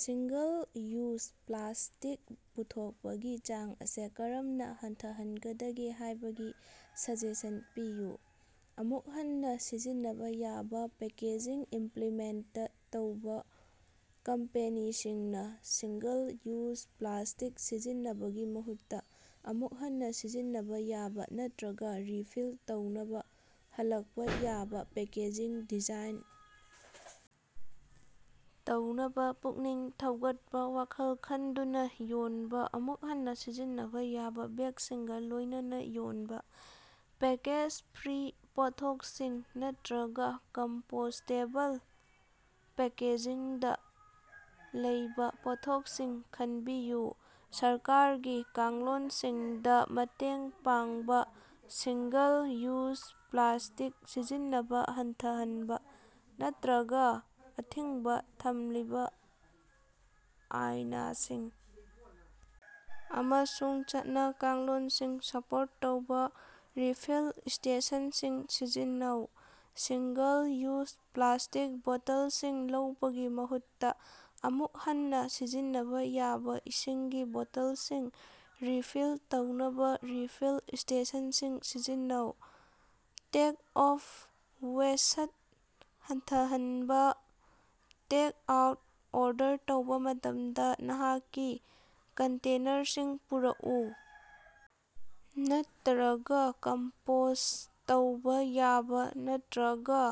Single-use plastic ꯄꯨꯊꯣꯛꯄꯒꯤ ꯆꯥꯡ ꯑꯁꯤ ꯀꯔꯝꯅ ꯍꯟꯊꯍꯟꯒꯗꯒꯦ ꯍꯥꯏꯕꯒꯤ ꯁꯖꯦꯁꯟ ꯄꯤꯌꯨ꯫ ꯑꯃꯨꯛ ꯍꯟꯅ ꯁꯤꯖꯤꯟꯅꯕ ꯌꯥꯕꯥ ꯄꯦꯀꯦꯖꯤꯡ ꯏꯝꯄꯂꯤꯃꯦꯟꯇ ꯇꯧꯕꯥ: ꯀꯝꯄꯦꯅꯤꯁꯤꯡꯅꯥ ꯁꯤꯡꯒꯜ-ꯌꯨꯖ ꯄ꯭ꯂꯥꯁꯇꯤꯛ ꯁꯤꯖꯤꯟꯅꯕꯒꯤ ꯃꯍꯨꯠꯇ ꯑꯃꯨꯛ ꯍꯟꯅ ꯁꯤꯖꯤꯟꯅꯕ ꯌꯥꯕ ꯅꯠꯇꯔꯒ ꯔꯤꯐꯤꯜ ꯇꯧꯅꯕ ꯍꯜꯂꯛꯄ ꯌꯥꯕ ꯄꯦꯀꯦꯖꯤꯡ ꯗꯤꯖꯥꯏꯟ ꯇꯧꯅꯕ ꯄꯨꯛꯅꯤꯡ ꯊꯧꯒꯠꯄ꯫ ꯋꯥꯈꯜ ꯈꯟꯗꯨꯅ ꯌꯣꯟꯕ: ꯑꯃꯨꯛ ꯍꯟꯅꯥ ꯁꯤꯖꯤꯟꯅꯕꯥ ꯌꯥꯕ ꯕꯦꯒꯁꯤꯡꯒꯥ ꯂꯣꯏꯅꯅ ꯌꯣꯟꯕ, ꯄꯦꯀꯦꯖ-ꯐ꯭ꯔꯤ ꯄꯣꯠꯊꯣꯛꯁꯤꯡ ꯅꯠꯇꯔꯒꯥ ꯀꯝꯄꯣꯁꯇꯦꯕꯜ ꯄꯦꯀꯦꯖꯤꯡꯗꯥ ꯂꯩꯕꯥ ꯄꯣꯠꯊꯣꯛꯁꯤꯡ ꯈꯟꯕꯤꯌꯨ꯫ ꯁꯔꯀꯥꯔꯒꯤ ꯀꯥꯡꯂꯣꯟꯁꯤꯡꯗꯥ ꯃꯇꯦꯡ ꯄꯥꯡꯕ: ꯁꯤꯡꯒꯜ-ꯌꯨꯖ ꯄ꯭ꯂꯥꯁꯇꯤꯛ ꯁꯤꯖꯤꯟꯅꯕꯥ ꯍꯟꯊꯍꯟꯕ ꯅꯠꯇꯔꯒꯥ ꯑꯊꯤꯡꯕꯥ ꯊꯝꯂꯤꯕꯥ ꯑꯥꯏꯅꯁꯤꯡ ꯑꯃꯁꯨꯡ ꯆꯠꯅ-ꯀꯥꯡꯂꯣꯟꯁꯤꯡ ꯁꯄꯣꯔꯠ ꯇꯧꯕꯥ꯫ ꯔꯤꯐꯤꯜ ꯁ꯭ꯇꯦꯁꯟꯁꯤꯡ ꯁꯤꯖꯤꯟꯅꯧ: ꯁꯤꯡꯒꯜ-ꯌꯨꯖ ꯄ꯭ꯂꯥꯁꯇꯤꯛ ꯕꯣꯇꯜꯁꯤꯡ ꯂꯧꯕꯒꯤ ꯃꯍꯨꯠꯇꯥ, ꯑꯃꯨꯛ ꯍꯟꯅꯥ ꯁꯤꯖꯤꯟꯅꯕ ꯌꯥꯕ ꯏꯁꯤꯡꯒꯤ ꯕꯣꯇꯜꯁꯤꯡ ꯔꯤꯐꯤꯜ ꯇꯧꯅꯕ ꯔꯤꯐꯤꯜ ꯁ꯭ꯇꯦꯁꯟꯁꯤꯡ ꯁꯤꯖꯤꯟꯅꯧ꯫ ꯇꯦꯛ-ꯑꯣꯐ ꯋꯦꯁꯠ ꯍꯟꯊꯍꯟꯕꯥ: ꯇꯦꯛ-ꯑꯥꯎꯠ ꯑꯣꯔꯗꯔ ꯇꯧꯕꯥ ꯃꯇꯝꯗ ꯅꯍꯥꯛꯀꯤ ꯀꯟꯇꯦꯅꯔꯁꯤꯡ ꯄꯨꯔꯛꯎ ꯅꯠꯇꯔꯒꯥ ꯀꯝꯄꯣꯁꯠ ꯇꯧꯕ ꯌꯥꯕ ꯅꯠꯇꯔꯒꯥ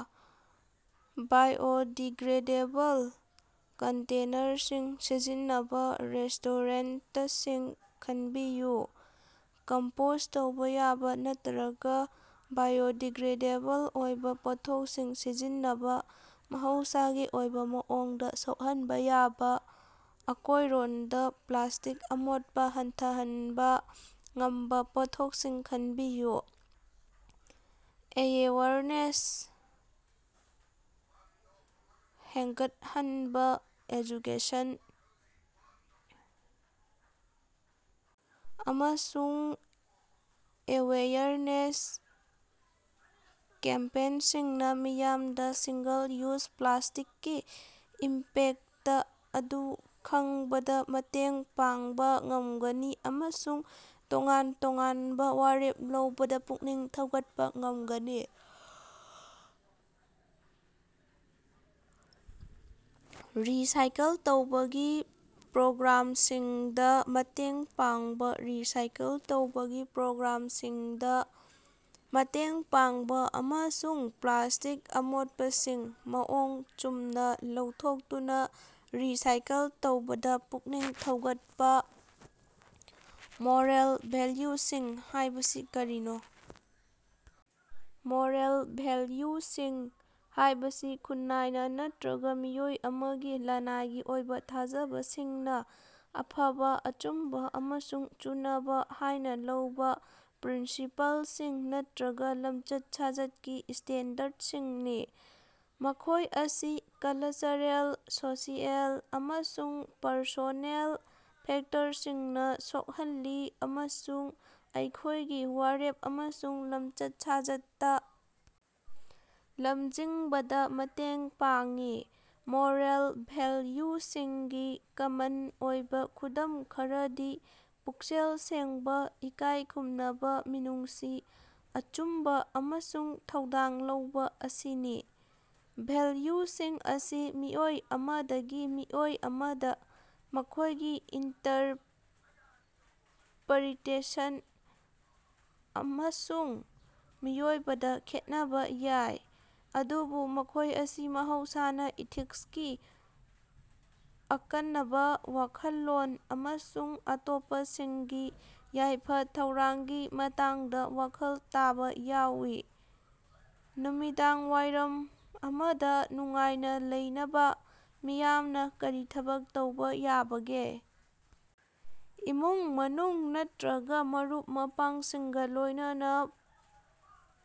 ꯕꯥꯏꯑꯣꯗꯤꯒ꯭ꯔꯦꯗꯦꯕꯜ ꯀꯟꯇꯦꯅꯔꯁꯤꯡ ꯁꯤꯖꯤꯟꯅꯕ ꯔꯦꯁꯇꯣꯔꯦꯟꯇꯁꯤꯡ ꯈꯟꯕꯤꯌꯨ꯫ ꯀꯝꯄꯣꯁꯠ ꯇꯧꯕ ꯌꯥꯕ ꯅꯠꯇꯔꯒꯥ ꯕꯥꯏꯑꯣꯗꯤꯒ꯭ꯔꯦꯗꯦꯕꯜ ꯑꯣꯏꯕ ꯄꯣꯠꯊꯣꯛꯁꯤꯡ ꯁꯤꯖꯤꯟꯅꯕ: ꯃꯍꯧꯁꯥꯒꯤ ꯑꯣꯏꯕ ꯃꯑꯣꯡꯗ ꯁꯣꯛꯍꯟꯕ ꯌꯥꯕ, ꯑꯀꯣꯏꯔꯣꯟꯗ ꯄ꯭ꯂꯥꯁꯇꯤꯛ ꯑꯃꯣꯠꯄꯥ ꯍꯟꯊꯍꯟꯕꯥ ꯉꯝꯕ ꯄꯣꯠꯊꯣꯛꯁꯤꯡ ꯈꯟꯕꯤꯌꯨ꯫ ꯑꯦꯋꯦꯌꯔꯅꯦꯁ ꯍꯦꯟꯒꯠꯍꯟꯕꯥ: ꯑꯦꯖꯨꯀꯦꯁꯟ ꯑꯃꯁꯨꯡ ꯑꯦꯋꯦꯌꯔꯅꯦꯁ ꯀꯦꯝꯄꯦꯟꯁꯤꯡꯅꯥ ꯃꯤꯌꯥꯝꯗꯥ ꯁꯤꯡꯒꯜ-ꯌꯨꯖ ꯄ꯭ꯂꯥꯁꯇꯤꯛꯀꯤ ꯏꯝꯄꯦꯛꯇ ꯑꯗꯨ ꯈꯪꯕꯗ ꯃꯇꯦꯡ ꯄꯥꯡꯕꯥ ꯉꯝꯒꯅꯤ ꯑꯃꯁꯨꯡ ꯇꯣꯉꯥꯟ ꯇꯣꯉꯥꯟꯕ ꯋꯥꯔꯦꯞ ꯂꯧꯕꯗ ꯄꯨꯛꯅꯤꯡ ꯊꯧꯒꯠꯄ ꯉꯝꯒꯅꯤ꯫ ꯔꯤꯁꯥꯏꯀꯜ ꯇꯧꯕꯒꯤ ꯄ꯭ꯔꯣꯒ꯭ꯔꯥꯃꯁꯤꯡꯗꯥ ꯃꯇꯦꯡ ꯄꯥꯡꯕꯥ: ꯔꯤꯁꯥꯏꯀꯜ ꯇꯧꯕꯒꯤ ꯄ꯭ꯔꯣꯒ꯭ꯔꯥꯃꯁꯤꯡꯗꯥ ꯃꯇꯦꯡ ꯄꯥꯡꯕꯥ ꯑꯃꯁꯨꯡ ꯄ꯭ꯂꯥꯁꯇꯤꯛ ꯑꯃꯣꯠꯄꯁꯤꯡ ꯃꯑꯣꯡ ꯆꯨꯝꯅ ꯂꯧꯊꯣꯛꯇꯨꯅꯥ ꯔꯤꯁꯥꯏꯀꯜ ꯇꯧꯕꯗꯥ ꯄꯨꯛꯅꯤꯡ ꯊꯧꯒꯠꯄꯥ꯫ ꯃꯣꯔꯦꯜ ꯚꯦꯜꯌꯨꯁꯤꯡ ꯍꯥꯏꯕꯁꯤ ꯀꯔꯤꯅꯣ? ꯃꯣꯔꯦꯜ ꯚꯦꯜꯌꯨꯁꯤꯡ ꯍꯥꯏꯕꯁꯤ ꯈꯨꯟꯅꯥꯏꯅ ꯅꯠꯇꯔꯒꯥ ꯃꯤꯑꯣꯏ ꯑꯃꯒꯤ ꯂꯅꯥꯏꯒꯤ ꯑꯣꯏꯕ ꯊꯥꯖꯕꯁꯤꯡꯅ ꯑꯐꯕ, ꯑꯆꯨꯝꯕ ꯑꯃꯁꯨꯡ ꯆꯨꯅꯕ ꯍꯥꯏꯅ ꯂꯧꯕ ꯄ꯭ꯔꯤꯟꯁꯤꯄꯜꯁꯤꯡ ꯅꯠꯇꯔꯒꯥ ꯂꯝꯆꯠ-ꯁꯥꯖꯠꯀꯤ ꯁ꯭ꯇꯦꯟꯗꯔꯗꯁꯤꯡꯅꯤ꯫ ꯃꯈꯣꯏ ꯑꯁꯤ ꯀꯂꯆꯔꯦꯜ, ꯁꯣꯁꯤꯑꯦꯜ ꯑꯃꯁꯨꯡ ꯄꯔꯁꯣꯅꯦꯜ ꯐꯦꯛꯇꯔꯁꯤꯡꯅꯥ ꯁꯣꯛꯍꯜꯂꯤ ꯑꯃꯁꯨꯡ ꯑꯩꯈꯣꯏꯒꯤ ꯋꯥꯔꯦꯞ ꯑꯃꯁꯨꯡ ꯂꯝꯆꯠ-ꯁꯥꯖꯠꯇꯥ ꯂꯝꯖꯤꯡꯕꯗꯥ ꯃꯇꯦꯡ ꯄꯥꯡꯏ꯫ ꯃꯣꯔꯦꯜ ꯚꯦꯜꯌꯨꯁꯤꯡꯒꯤ ꯀꯃꯟ ꯑꯣꯏꯕꯥ ꯈꯨꯗꯝ ꯈꯔꯗꯤ ꯄꯨꯛꯆꯦꯜ ꯁꯦꯡꯕꯥ, ꯏꯀꯥꯏ ꯈꯨꯝꯅꯕ, ꯃꯤꯅꯨꯡꯁꯤ, ꯑꯆꯨꯝꯕ ꯑꯃꯁꯨꯡ ꯊꯧꯗꯥꯡ ꯂꯧꯕꯥ ꯑꯁꯤꯅꯤ꯫ ꯚꯦꯜꯌꯨꯁꯤꯡ ꯑꯁꯤ ꯃꯤꯑꯣꯏ ꯑꯃꯗꯒꯤ ꯃꯤꯑꯣꯏ ꯑꯃꯗ ꯃꯈꯣꯏꯒꯤ ꯏꯟꯇꯔꯄꯔꯤꯇꯦꯁꯟ ꯑꯃꯁꯨꯡ ꯃꯔꯨꯑꯣꯏꯕꯗꯥ ꯈꯦꯠꯅꯕ ꯌꯥꯏ, ꯑꯗꯨꯕꯨ ꯃꯈꯣꯏ ꯑꯁꯤ ꯃꯍꯧꯁꯥꯅ ꯏꯊꯤꯛꯁꯀꯤ ꯑꯀꯅꯕꯥ ꯋꯥꯈꯜꯂꯣꯟ ꯑꯃꯁꯨꯡ ꯑꯇꯣꯞꯄꯁꯤꯡꯒꯤ ꯌꯥꯏꯐ-ꯊꯧꯔꯥꯡꯒꯤ ꯃꯇꯥꯡꯗꯥ ꯋꯥꯈꯜ ꯇꯥꯕꯥ ꯌꯥꯎꯏ꯫ ꯅꯨꯃꯤꯗꯥꯡꯋꯥꯏꯔꯝ ꯑꯃꯗꯥ ꯅꯨꯡꯉꯥꯏꯅꯥ ꯂꯩꯅꯕꯥ ꯃꯤꯌꯥꯝꯅꯥ ꯀꯔꯤ ꯊꯕꯛ ꯇꯧꯕꯥ ꯌꯥꯕꯒꯦ? ꯏꯃꯨꯡ ꯃꯅꯨꯡ ꯅꯠꯇꯔꯒꯥ ꯃꯔꯨꯞ ꯃꯄꯥꯡꯁꯤꯡꯒꯥ ꯂꯣꯏꯅꯅ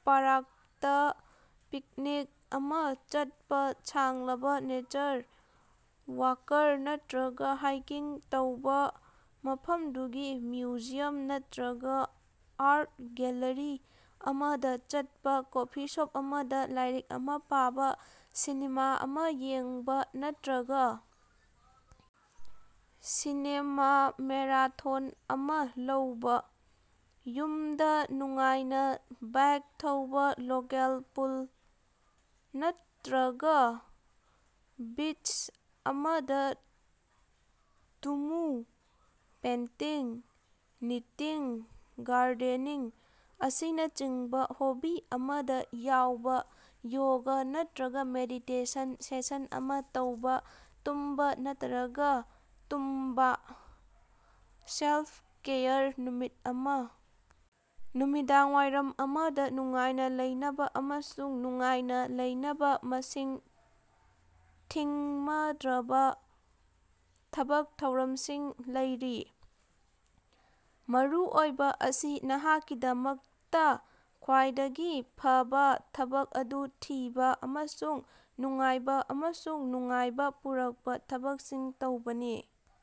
ꯄꯥꯔꯛꯇꯥ ꯄꯤꯛꯅꯤꯛ ꯑꯃꯥ ꯆꯠꯄꯥ ꯁꯥꯡꯂꯕꯥ ꯅꯦꯆꯔ ꯋꯥꯀꯔ ꯅꯠꯇꯔꯒꯥ ꯍꯥꯏꯀꯤꯡ ꯇꯧꯕꯥ ꯃꯐꯝꯗꯨꯒꯤ ꯃ꯭ꯌꯨꯖꯤꯌꯝ ꯅꯠꯇꯔꯒꯥ ꯑꯥꯔꯠ ꯒꯦꯜꯂꯔꯤ ꯑꯃꯗꯥ ꯆꯠꯄꯥ ꯀꯣꯐꯤ ꯁꯣꯞ ꯑꯃꯗꯥ ꯂꯥꯏꯔꯤꯛ ꯑꯃꯥ ꯄꯥꯕꯥ ꯁꯤꯅꯦꯃꯥ ꯑꯃꯥ ꯌꯦꯡꯕꯥ ꯅꯠꯇꯔꯒꯥ ꯁꯤꯅꯦꯃꯥ ꯃꯦꯔꯥꯊꯣꯟ ꯑꯃꯥ ꯂꯧꯕꯥ꯫ ꯌꯨꯃꯗꯥ ꯅꯨꯡꯉꯥꯏꯅꯥ ꯕꯥꯏꯛ ꯊꯧꯕꯥ ꯂꯣꯀꯦꯜ ꯄꯨꯜ ꯅꯠꯇꯔꯒꯥ ꯕꯤꯆ ꯑꯃꯗꯥ ꯇꯨꯝꯃꯨ ꯄꯦꯟꯇꯤꯡ, ꯅꯤꯇꯤꯡ, ꯒꯥꯔꯗꯦꯅꯤꯡ ꯑꯁꯤꯅꯆꯤꯡꯕꯥ ꯍꯣꯕꯤ ꯑꯃꯗꯥ ꯌꯥꯎꯕꯥ ꯌꯣꯒ ꯅꯠꯇꯔꯒꯥ ꯃꯦꯗꯤꯇꯦꯁꯟ ꯁꯦꯁꯟ ꯑꯃꯥ ꯇꯧꯕꯥ ꯇꯨꯝꯕꯥ ꯅꯠꯇꯔꯒꯥ ꯇꯨꯝꯕꯥ꯫ ꯁꯦꯜꯐ-ꯀꯦꯌꯔ ꯅꯨꯃꯤꯠ ꯑꯃꯥ꯫ ꯅꯨꯃꯤꯗꯥꯡꯋꯥꯏꯔꯝ ꯑꯃꯗꯥ ꯅꯨꯡꯉꯥꯏꯅꯥ ꯂꯩꯅꯕꯥ ꯑꯃꯁꯨꯡ ꯅꯨꯡꯉꯥꯏꯅꯥ ꯂꯩꯅꯕꯥ ꯃꯁꯤꯡ ꯊꯤꯡꯃꯗ꯭ꯔꯕꯥ ꯊꯕꯛ ꯊꯧꯔꯝꯁꯤꯡ ꯂꯩꯔꯤ꯫ ꯃꯔꯨꯑꯣꯏꯕꯥ ꯑꯁꯤ ꯅꯍꯥꯛꯀꯤꯗꯃꯛꯇꯥ ꯈ꯭ꯋꯥꯏꯗꯒꯤ ꯐꯕꯥ ꯊꯕꯛ ꯑꯗꯨ ꯊꯤꯕ ꯑꯃꯁꯨꯡ ꯅꯨꯡꯉꯥꯏꯕꯥ ꯑꯃꯁꯨꯡ ꯅꯨꯡꯉꯥꯏꯕꯥ ꯄꯨꯔꯛꯄꯥ ꯊꯕꯛꯁꯤꯡ ꯇꯧꯕꯅꯤ꯫